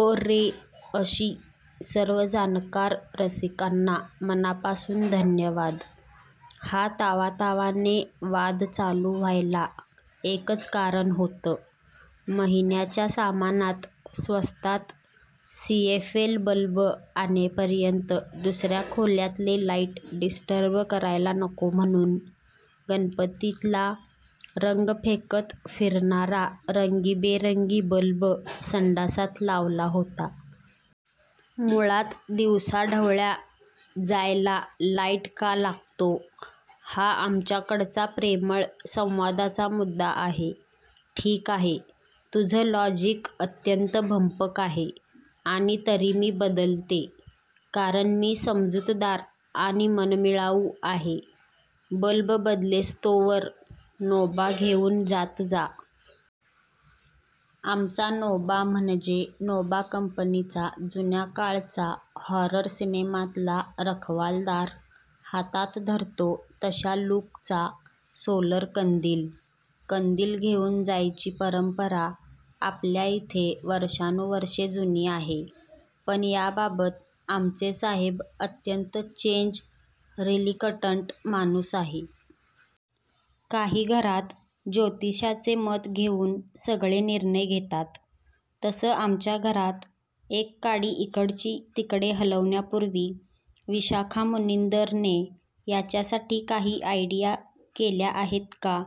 प-रे अशी! सर्व जाणकार रसिकांना मनापासून धन्यवाद. हा तावातावाने वाद चालू व्हायला एकच कारण होतं. महिन्याच्या सामानात स्वस्तात सीएफएल बल्ब आणेपर्यंत दुसऱ्या खोल्यातले लाईट डिस्टर्ब करायला नको म्हणून गणपतीतला रंग फेकत फिरणारा रंगीबेरंगी बल्ब संडासात लावला होता. मुळात दिवसा ढवळ्या 'जायला' लाईट का लागतो हा आमच्या कडचा प्रेमळ संवादाचा मुद्दा आहे. "ठीक आहे. तुझं लॉजिक अत्यंत भंपक आहे. आणि तरी मी बदलते. कारण मी समजूतदार आणि मनमिळावू आहे. बल्बबदलेस्तोवर नोबा घेऊन जात जा. "आमचा 'नोबा' म्हणजे नोबा कंपनीचा जुन्या काळचा हॉरर सिनेमातला रखवालदार हातात धरतो तश्या लूक चा सोलर कंदील. कंदील घेऊन 'जायची' परंपरा आपल्या इथे वर्षानुवर्षे जुनी आहे. पण याबाबत आमचे साहेब अत्यंत चेंज रीलकटंट माणूस आहे. काही घरात ज्योतिष्याचे मत घेऊन सगळे निर्णय घेतात. तसं आमच्या घरात एक काडी इकडची तिकडे हलवण्यापूर्वी 'विशाखा मुनिंदर ने याच्यासाठी काही आयडिया केल्या आहेत का'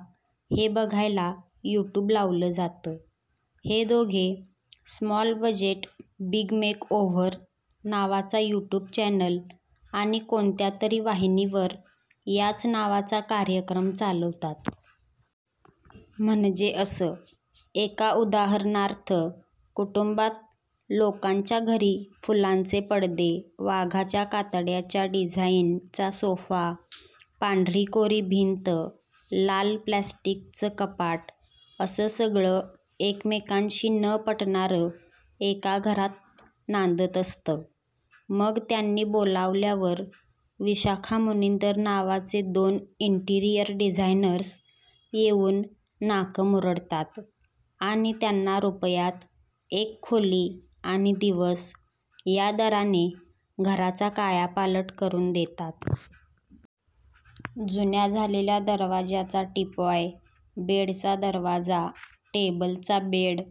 हे बघायला युट्युब लावलं जातं. हे दोघे 'स्मॉल बजेट बिग मेकओव्हर' नावाचा युट्यूब चॅनल आणि कोणत्या तरी वाहिनी वर याच नावाचा कार्यक्रम चालवतात. म्हणजे असं, एका उदाहरणार्थ कुटुंबात लोकांच्या घरी फुलांचे पडदे, वाघाच्या कातड्याच्या डिझाईन चा सोफा, पांढरी कोरी भिंत, लाल प्लॅस्टिक चं कपाट असं सगळं एकमेकांशी न पटणारं एका घरात नांदत असतं. मग त्यांनी बोलावल्यावर विशाखा मुनिंदर नावाचे दोन इंटिरिअर डिझायनर्स येऊन नाकं मुरडतात आणि त्यांना रुपयात एक खोली आणि दिवस या दराने घराचा कायापालट करून देतात. जुन्या झालेल्या दरवाज्याचा टीपॉय, बेड चा दरवाजा, टेबल चा बेड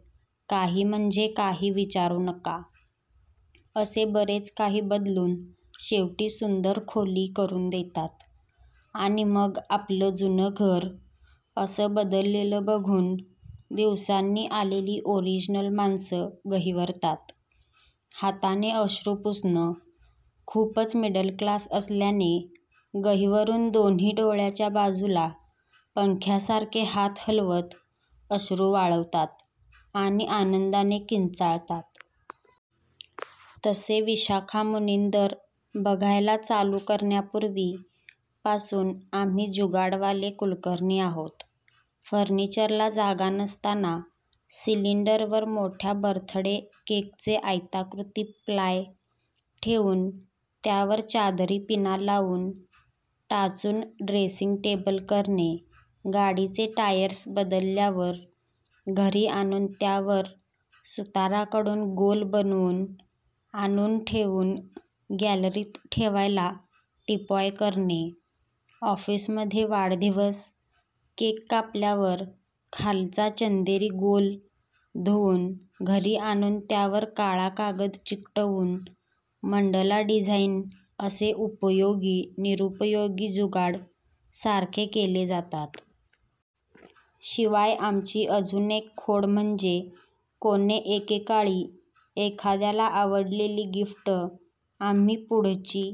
काही म्हणजे काही विचारू नका. असे बरेच काही बदलून शेवटी सुंदर खोली करून देतात. आणि मग आपलं जुनं घर असं बदललेलं बघून दिवसांनी आलेली ओरिजिनल माणसं गहिवरतात, हाताने अश्रू पुसणं खूपच मिडलक्लास असल्याने गहिवरून दोन्ही डोळ्याच्या बाजूला पंख्यासारखे हात हलवत अश्रू वाळवतात आणि आनंदाने किंचाळतात. तसे विशाखा मुनिंदर बघायला चालू करण्या पूर्वी पासून आम्ही जुगाडवाले कुलकर्णी आहोत. फर्निचर ला जागा नसताना सिलिंडरवर मोठ्या बर्थडे केक चे आयताकृती प्लाय ठेवून त्यावर चादरी पिना लावून टाचून ड्रेसिंग टेबल करणे, गाडीचे टायर्स बदलल्यावर घरी आणून त्यावर सुताराकडून गोल बनवून आणून ठेवून गॅलरीत ठेवायला टीपॉय करणे, ऑफिस मध्ये वाढदिवस केक कापल्यावर खालचा चंदेरी गोल धुवून घरी आणून त्यावर काळा कागद चिकटवून मंडला डिझाईन असे उपयोगी निरुपयोगी जुगाड सारखे केले जातात. शिवाय आमची अजून एक खोड म्हणजे कोणे एके काळी एखाद्याला आवडलेली गिफ्ट आम्ही पुढची